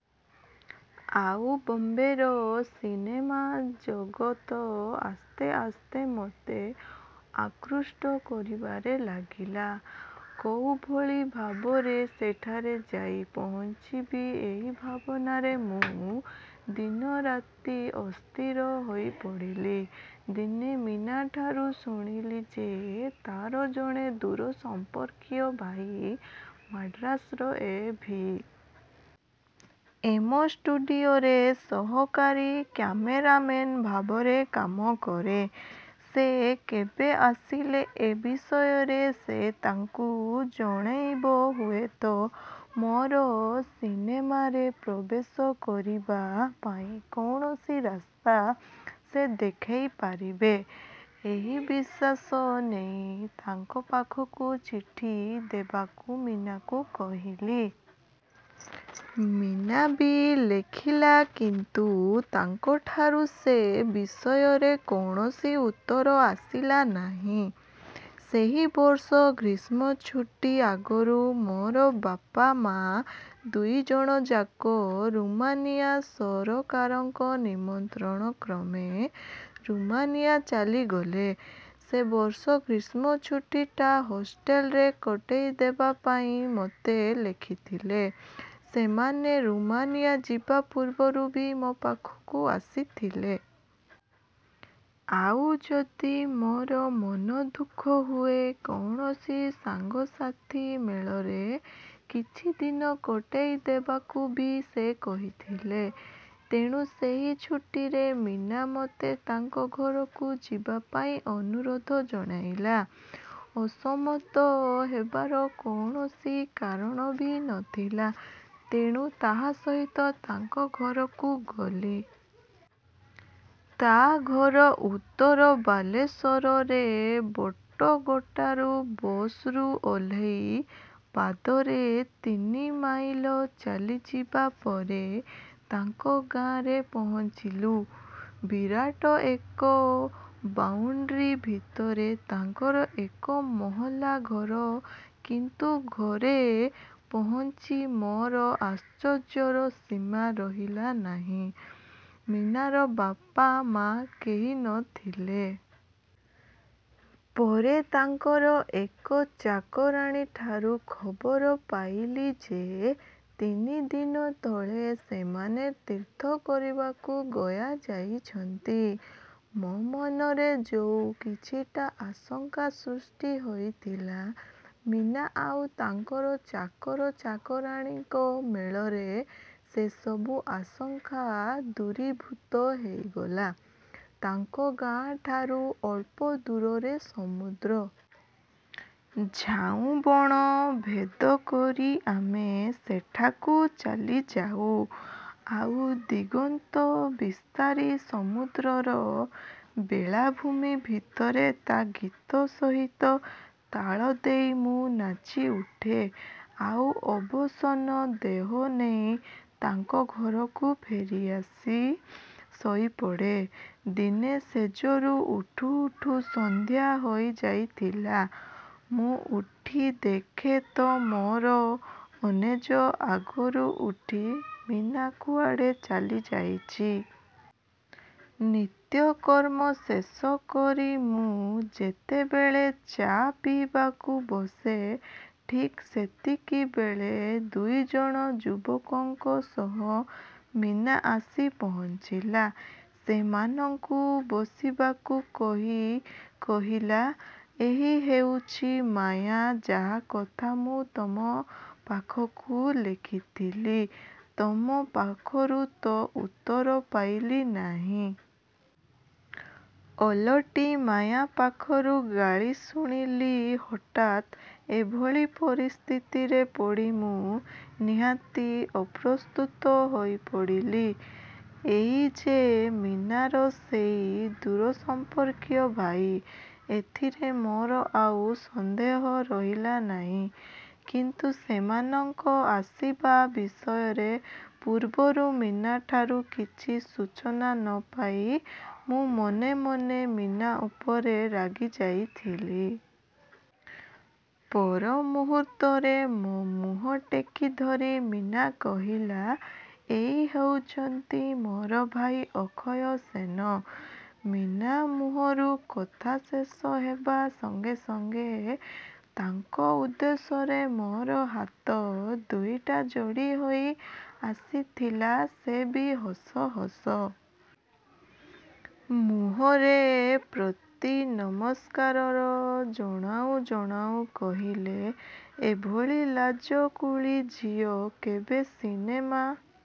ଆଉ ବମ୍ବେର ସିନେମା ଜଗତ ଆସ୍ତେ ଆସ୍ତେ ମୋତେ ଆକୃଷ୍ଟ କରିବାରେ ଲାଗିଲା। କୋଉଭଳି ଭାବରେ ସେଠାରେ ଯାଇ ପହଞ୍ଚିବି ଏଇ ଭାବନାରେ ମୁଁ ଦିନରାତି ଅସ୍ଥିର ହେଇପଡ଼ିଲି। ଦିନେ ମୀନାଠାରୁ ଶୁଣିଲି ଯେ ତା'ର ଜଣେ ଦୂର ସମ୍ପର୍କୀୟ ଭାଇ ମାଡ୍ରାସର ଏ. ଭି. ଏମ. ଷ୍ଟୁଡ଼ିଓରେ ସହକାରୀ କ୍ୟମେରାମ୍ୟାନ ଭାବରେ କାମ କରେ। ସେ କେବେ ଆସିଲେ ଏ ବିଷୟରେ ସେ ତାଙ୍କୁ ଜଣାଇବ। ହୁଏତ ମୋର ସିନେମାରେ ପ୍ରବେଶ କରିବା ପାଇଁ କୌଣସି ରାସ୍ତା ସେ ଦେଖାଇପାରିବେ। ଏଇ ବିଶ୍ୱାସ ନେଇ ତାଙ୍କ ପାଖକୁ ଚିଠି ଦେବାକୁ ମୀନାକୁ କହିଲି। ମୀନା ବି ଲେଖିଲା କିନ୍ତୁ ତାଙ୍କଠାରୁ ସେ ବିଷୟରେ କୌଣସି ଉତ୍ତର ଆସିଲା ନାହିଁ। ସେହି ବର୍ଷ ଗ୍ରୀଷ୍ମଛୁଟି ଆଗରୁ ମୋର ବାପା, ମା ଦୁଇଜଣଯାକ ରୁମାନିୟା ସରକାରଙ୍କ ନିମନ୍ତ୍ରଣକ୍ରମେ ରୁମାନିୟା ଚାଲିଗଲେ। ସେ ବର୍ଷ ଗ୍ରୀଷ୍ମଛୁଟିଟା ହଷ୍ଟେଲରେ କଟାଇଦେବାପାଇଁ ମୋତେ ଲେଖିଥିଲେ। ସେମାନେ ରୁମାନିୟା ଯିବା ପୂର୍ବରୁ ବି ମୋ ପାଖକୁ ଆସିଥିଲେ। ଆଉ ଯଦି ମୋର ମନଦୁଃଖ ହୁଏ, କୌଣସି ସାଙ୍ଗସାଥୀ ମେଳରେ କିଛିଦିନ କଟାଇଦେବାକୁ ବି ସେ କହିଥିଲେ ତେଣୁ ସେଇ ଛୁଟିରେ ମୀନା ମୋତେ ତାଙ୍କ ଘରକୁ ଯିବାପାଇଁ ଅନୁରୋଧ ଜଣାଇଲା। ଅସମ୍ମତ ହେବାର କୌଣସି କାରଣ ବି ନ ଥିଲା, ତେଣୁ ତା ସହିତ ତାଙ୍କ ଘରକୁ ଗଲି। ତା ଘର ଉତ୍ତର ବାଲେଶ୍ୱରରେ। ବଟଗଠାରୁ ବସ୍ରୁ ଓହ୍ଲାଇ ପାଦରେ ତିନି ମାଇଲ ଚାଲିଯିବା ପରେ ତାଙ୍କ ଗାଆଁରେ ପହଞ୍ଚିଲୁଁ। ବିରାଟ ଏକ ବାଉଣ୍ଡରୀ ଭିତରେ ତାଙ୍କର ଏକମହଲା ଘର କିନ୍ତୁ ଘରେ ପହଞ୍ଚି ମୋର ଆଶ୍ଚର୍ଯ୍ୟର ସୀମା ରହିଲା ନାହିଁ। ମୀନାର ବାପା, ମା କେହି ନ ଥିଲେ। ପରେ ତାଙ୍କର ଏକ ଚାକରାଣୀଠାରୁ ଖବର ପାଇଲି ଯେ ତିନିଦିନ ତଳେ ସେମାନେ ତୀର୍ଥ କରିବାକୁ ଗୟା ଯାଇଛନ୍ତି। ମୋ ମନରେ ଯୋଉ କିଛିଟା ଆଶଙ୍କା ସୃଷ୍ଟି ହେଇଥିଲା, ମୀନା ଆଉ ତାଙ୍କର ଚାକରଚାକରାଣୀଙ୍କ ମେଳରେ ସେ ସବୁ ଆଶଙ୍କା ଦୂରୀଭୂତ ହେଇଗଲା। ତାଙ୍କ ଗାଆଁଠାରୁ ଅଳ୍ପ ଦୂରରେ ସମୁଦ୍ର।। ଝାଉଁବଣ ଭେଦ କରି ଆମେ ସେଠାକୁ ଚାଲିଯାଉଁ। ଆଉ ଦିଗନ୍ତବିସ୍ତାରୀ ସମୁଦ୍ରର ବେଳାଭୂମି ଭିତରେ ତା ଗୀତ ସହିତ ତାଳ ଦେଇ ମୁଁ ନାଚିଉଠେ। ଆଉ ଅବସନ୍ନ ଦେହ ନେଇ ତାଙ୍କ ଘରକୁ ଫେରିଆସି ଶୋଇପଡ଼େ। ଦିନେ ଶେଯରୁ ଉଠୁ ଉଠୁ ସନ୍ଧ୍ୟା ହେଇଯାଇଥିଲା, ମୁଁ ଉଠି ଦେଖେ ତ ମୋର ଅନେଜ ଆଗରୁ ଉଠି ମୀନା କୁଆଡ଼େ ଚାଲିଯାଇଛି। ନିତ୍ୟକର୍ମ ଶେଷ କରି ମୁଁ ଯେତେବେଳେ ଚା' ପିଇବାକୁ ବସେ ଠିକ୍ ସେତିକିବେଳେ ଦୁଇଜଣ ଯୁବକଙ୍କ ସହ ମୀନା ଆସି ପହଞ୍ଚିଲା। ସେମାନଙ୍କୁ ବସିବାକୁ କହି କହିଲା, 'ଏଇ ହେଉଛି ମାୟା, ଯାହା କଥା ମୁଁ ତମ ପାଖକୁ ଲେଖିଥିଲି। ତମ ପାଖରୁ ତ ଉତ୍ତର ପାଇଲି ନାହିଁ। ଓଲଟି ମାୟା ପାଖରୁ ଗାଳି ଶୁଣିଲି। ହଠାତ୍ ଏଭଳି ପରିସ୍ଥିତିରେ ପଡ଼ି ମୁଁ ନିହାତି ଅପ୍ରସ୍ତୁତ ହୋଇପଡ଼ିଲି। ଏଇ ଯେ ମୀନାର ସେଇ ଦୂରସମ୍ପର୍କୀୟ ଭାଇ, ଏଥିରେ ମୋର ଆଉ ସନ୍ଦେହ ରହିଲା ନାହିଁ କିନ୍ତୁ ସେମାନଙ୍କ ଆସିବା ବିଷୟରେ ପୂର୍ବରୁ ମୀନାଠାରୁ କିଛି ସୂଚନା ନ ପାଇ, ମୁଁ ମନେ ମନେ ମୀନା ଉପରେ ରାଗିଯାଇଥିଲି। ପର ମୁହୂର୍ତ୍ତରେ ମୋ ମୁହଁ ଟେକିଧରି ମୀନା କହିଲା, 'ଏଇ ହେଉଛନ୍ତି ମୋର ଭାଇ ଅକ୍ଷୟ ସେନ। ' ମୀନା ମୁହଁରୁ କଥା ଶେଷ ହେବା ସଙ୍ଗେ ସଙ୍ଗେ ତାଙ୍କ ଉଦ୍ଦେଶ୍ୟରେ ମୋର ହାତ ଦୁଇଟା ଯୋଡ଼ି ହୋଇ ଆସିଥିଲା। ସେ ବି ହସ ହସ ମୁହଁରେ ପ୍ରତିନମସ୍କାର ଜଣାଉ ଜଣାଉ କହିଲେ, 'ଏଭଳି ଲାଜକୁଳୀ ଝିଅ କେବେ ସିନେମା